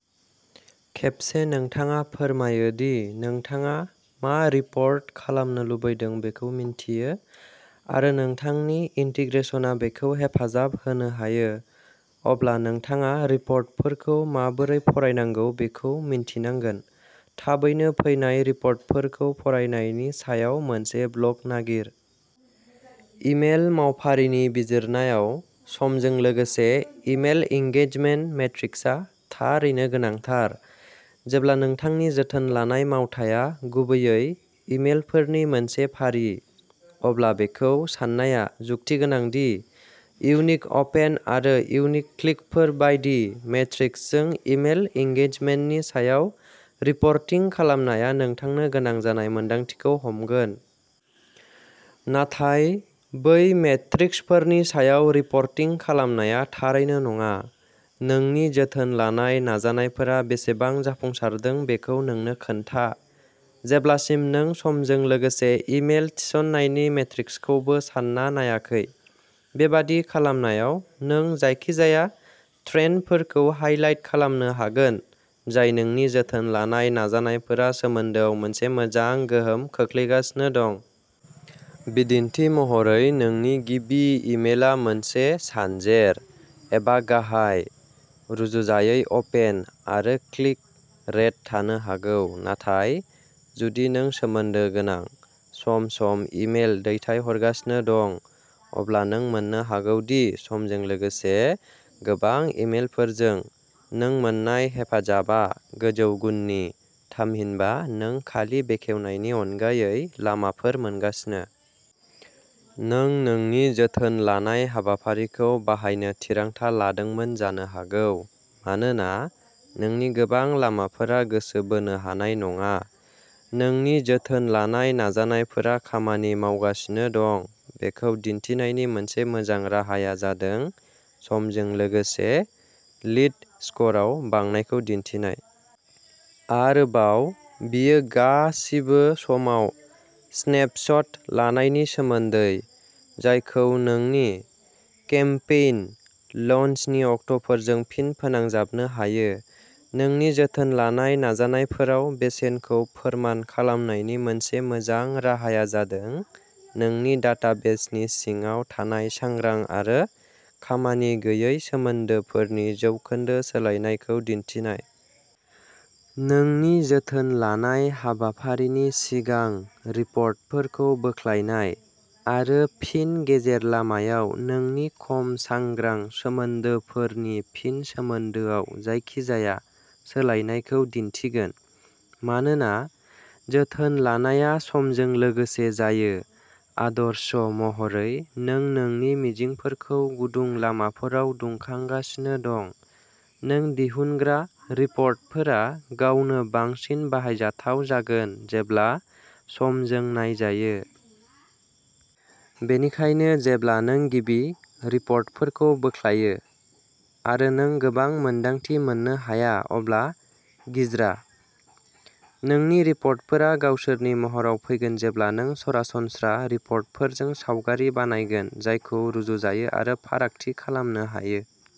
खेबसे नोंथाङा फोरमायो दि नोंथाङा मा रिपर्ट खालामनो लुबैदों बेखौ मिन्थियो, आरो नोंथांनि इन्टिग्रेसनआ बेखौ हेफाजाब होनो हायो, अब्ला नोंथाङा रिपर्टफोरखौ माबोरै फरायनांगौ बेखौ मिन्थिनांगोन। थाबैनो फैनाय रिपर्टफोरखौ फरायनायनि सायाव मोनसे ब्लग नागिर। इमेल मावफारिनि बिजिरनायाव समजों लोगोसे इमेल इन्गेजमेन्ट मेट्रिक्सआ थारैनो गोनांथार। जेब्ला नोंथांनि जोथोन लानाय मावथाया गुबैयै इमेलफोरनि मोनसे फारि, अब्ला बेखौ साननाया जुक्तिगोनां दि इउनिक अपेन आरो इउनिक क्लिकफोर बायदि मेट्रिक्सजों इमेल इन्गेजमेन्टनि सायाव रिपर्टिं खालामनाया नोंथांनो गोनां जानाय मोनदांथिखौ हमगोन। नाथाय बै मेट्रिक्सफोरनि सायाव रिपर्टिं खालामनाया थारैनो नङा। नोंनि जोथोन लानाय नाजानायफोरा बेसेबां जाफुंसारदों बेखौ नोंनो खोन्था, जेब्लासिम नों समजों लोगोसे इमेल थिसननायनि मेट्रिक्सखौबो सानना नायाखै। बेबादि खालामनायाव, नों जायखिजाया ट्रेन्डफोरखौ हाईलाइट खालामनो हागोन जाय नोंनि जोथोन लानाय नाजानायफोरा सोमोन्दोआव मोनसे मोजां गोहोम खोख्लैगासिनो दं। बिदिन्थि महरै, नोंनि गिबि इमेलआ मोनसे सानजेर, एबा गाहाय, रुजुजायै अपेन आरो क्लिक रेट थानो हागौ, नाथाय जुदि नों सोमोन्दो गोनां, सम-सम इमेल दैथायहरगासिनो दं, अब्ला नों मोन्नो हागौ दि समजों लोगोसे, गोबां इमेलफोरजों, नों मोन्नाय हेफाजाबआ गोजौ गुननि, थामहिनबा नों खालि बेखेवनायनि अनगायै लामाफोर मोनगासिनो। नों नोंनि जोथोन लानाय हाबाफारिखौ बाहायनो थिरांथा लादोंमोन जानो हागौ मानोना नोंनि गोबां लामाफोरा गोसो बोनो हानाय नङा। नोंनि जोथोन लानाय नाजानायफोरा खामानि मावगासिनो दं बेखौ दिन्थिनायनि मोनसे मोजां राहाया जादों समजों लोगोसे लीड स्करआव बांनायखौ दिन्थिनाय। आरोबाव, बेयो गासिबो समाव स्नेपशट लानायनि सोमोन्दै, जायखौ नोंनि केम्पेइन लन्चनि अक्टफोरजों फिन फोनांजाबनो हायो। नोंनि जोथोन लानाय नाजानायफोराव बेसेनखौ फोरमान खालामनायनि मोनसे मोजां राहाया जादों नोंनि डाटाबेसनि सिङाव थानाय सांग्रां आरो खामानि गैयै सोमोन्दोफोरनि% सोलायनायखौ दिन्थिनाय। नोंनि जोथोन लानाय हाबाफारिनि सिगां रिपर्टफोरखौ बोख्लायनाय, आरो फिन गेजेर-लामायाव नोंनि खम सांग्रां सोमोन्दोफोरनि फिन-सोमोन्दोआव जायखिजाया सोलायनायखौ दिन्थिगोन। मानोना जोथोन लानायआ समजों लोगोसे जायो, आदर्श महरै नों नोंनि मिजिंफोरखौ गुदुं लामाफोराव दुंखांगासिनो दं, नों दिहुनग्रा रिपर्टफोरा गावनो बांसिन बाहायजाथाव जागोन जेब्ला समजों नायजायो। बेनिखायनो जेब्ला नों गिबि रिपर्टफोरखौ बोख्लायो आरो नों गोबां मोनदांथि मोननो हाया अब्ला गिज्रा। नोंनि रिपर्टफोरा गावसोरनि महराव फैगोन जेब्ला नों सरासनस्रा रिपर्टफोरजों सावगारि बानायगोन जायखौ रुजुजायो आरो फारागथि खालामनो हायो।